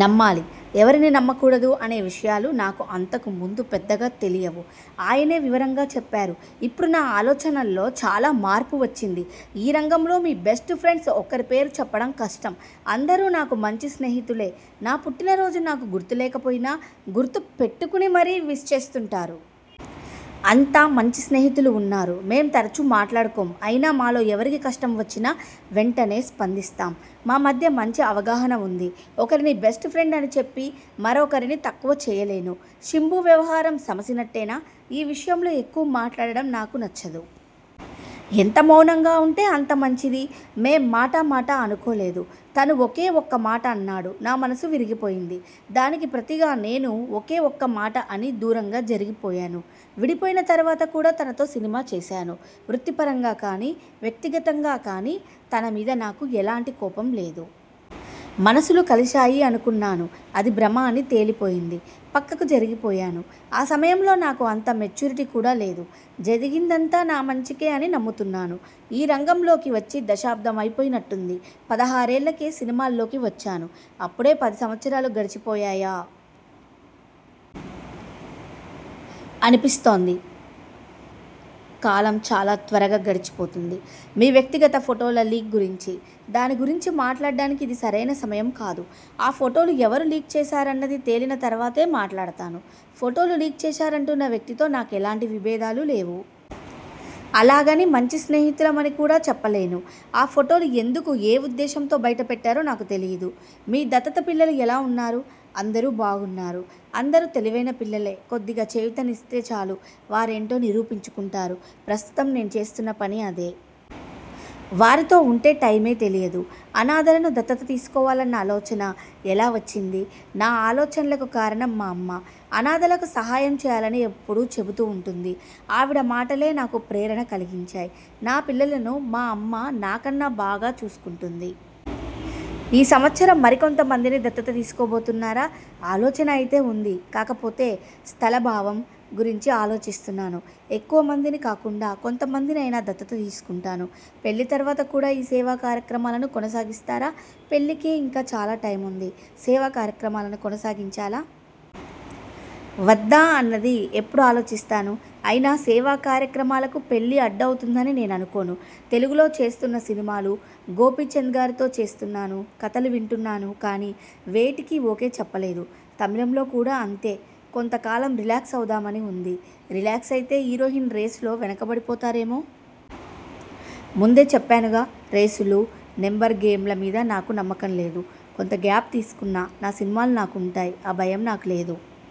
నమ్మాలి? ఎవరిని నమ్మకూడదు? అనే విషయాలు నాకు అంతకు ముందు పెద్దగా తెలియవు. ఆయనే వివరంగా చెప్పారు. ఇప్పుడు నా ఆలోచనల్లో చాలా మార్పు వచ్చింది. ఈ రంగంలో మీ బెస్ట్ ఫ్రెండ్స్ ఒక్కరి పేరు చెప్పడం కష్టం. అందరూ నాకు మంచి స్నేహితులే నా పుట్టినరోజు నాకు గుర్తు లేకపోయినా, గుర్తు పెట్టుకుని మరీ విష్ చేస్తుంటారు. అంత మంచి స్నేహితులు ఉన్నారు. మేం తరచూ మాట్లాడుకోం. అయినా మాలో ఎవరికి కష్టం వచ్చినా వెంటనే స్పందిస్తాం. మా మధ్య మంచి అవగాహన ఉంది. ఒకరిని బెస్ట్ ఫ్రెండ్ అని చెప్పి మరొకరిని తక్కువ చేయలేను. శింబు వ్యవహారం సమసినట్టేనా ఈ విషయంలో ఎక్కువ మాట్లాడడం నాకు నచ్చదు. ఎంత మౌనంగా ఉంటే అంత మంచిది. మేం మాటా మాటా అనుకోలేదు. తను ఒకే ఒక్క మాట అన్నాడు. నా మనసు విరిగిపోయింది. దానికి ప్రతిగా నేను ఒకే ఒక్క మాట అని దూరంగా జరిగిపోయాను. విడిపోయిన తరువాత కూడా తనతో సినిమా చేశాను. వృత్తి పరంగా కానీ, వ్యక్తిగతంగా కానీ తన మీద నాకు ఎలాంటి కోపం లేదు. మనసులు కలిశాయి అనుకున్నాను. అది భ్రమ అని తేలిపోయింది. పక్కకు జరిగిపోయాను. ఆ సమయంలో నాకు అంత మెచ్యూరిటీ కూడా లేదు. జరిగిందంతా నా మంచికే అని నమ్ముతున్నాను. ఈ రంగంలోకి వచ్చి దశాబ్దం అయిపోయినట్టుంది? పదహారేళ్ళకే సినిమాల్లోకి వచ్చాను. అప్పుడే పది సంవత్సరాలు గడిచిపోయాయా? అనిపిస్తోంది. కాలం చాలా త్వరగా గడిచిపోతోంది. మీ వ్యక్తిగత ఫోటోల లీక్ గురించి? దాని గురించి మాట్లాడ్డానికి ఇది సరైన సమయం కాదు. ఆ ఫోటోలు ఎవరు లీక్ చేశారన్నది తేలిన తరువాతే మాట్లాడతాను. ఫోటోలు లీక్ చేశారంటున్న వ్యక్తితో నాకు ఎలాంటి విబేధాలు లేవు. అలాగని మంచి స్నేహితులం అని కూడా చెప్పలేను. ఆ ఫోటోలు ఎందుకు ఏ ఉద్దేశంతో బయటపెట్టారో నాకు తెలియదు. మీ దత్తత పిల్లలు ఎలా ఉన్నారు? అందరూ బాగున్నారు. అందరూ తెలివైన పిల్లలే కొద్దిగా చేయూతనిస్తే చాలు వారేంటో నిరూపించుకుంటారు. ప్రస్తుతం నేను చేస్తున్న పని అదే! వారితో ఉంటే టైమే తెలియదు. అనాధలను దత్తత తీసుకోవాలన్న ఆలోచన ఎలా వచ్చింది? నా ఆలోచనలకు కారణం మా అమ్మ. అనాధలకు సహాయం చేయాలని ఎప్పుడూ చెబుతూ ఉంటుంది. ఆవిడ మాటలే నాకు ప్రేరణ కలిగించాయి. నా పిల్లలను మా అమ్మ నాకన్నా బాగా చూసుకుంటుంది. ఈ సంవత్సరం మరికొంత మందిని దత్తత తీసుకోబోతున్నారా? ఆలోచన అయితే ఉంది. కాకపోతే స్థలాభావం గురించి ఆలోచిస్తున్నాను. ఎక్కువ మందిని కాకుండా కొంత మందిని అయినా దత్తత తీసుకుంటాను. పెళ్ళి తరువాత కూడా ఈ సేవాకార్యక్రమాలను కొనసాగిస్తారా? పెళ్ళికే ఇంకా చాలా టైముంది. సేవాకార్యక్రమాలను కొనసాగించాలా? వద్దా? అన్నది ఎప్పుడు ఆలోచిస్తాను. అయినా సేవాకార్యక్రమాలకు పెళ్ళి అడ్డు అవుతుందని నేను అనుకోను. తెలుగులో చేస్తున్న సినిమాలు? గోపీచంద్గారితో చేస్తున్నాను. కధలు వింటున్నాను కానీ, వేటికీ ఓకే చెప్పలేదు. తమిళంలో కూడా అంతే! కొంత కాలం రిలాక్స్ అవుదామని ఉంది. రిలాక్స్ అయితే హీరోయిన్ రేసులో వెనుకబడిపోతారేమో? ముందే చెప్పానుగా? రేసులు, నెంబర్ గేమ్ల మీద నాకు నమ్మకం లేదు. కొంత గ్యాప్ తీసుకున్నా నా సినిమాలు నాకు ఉంటాయి. ఆ భయం నాకు లేదు.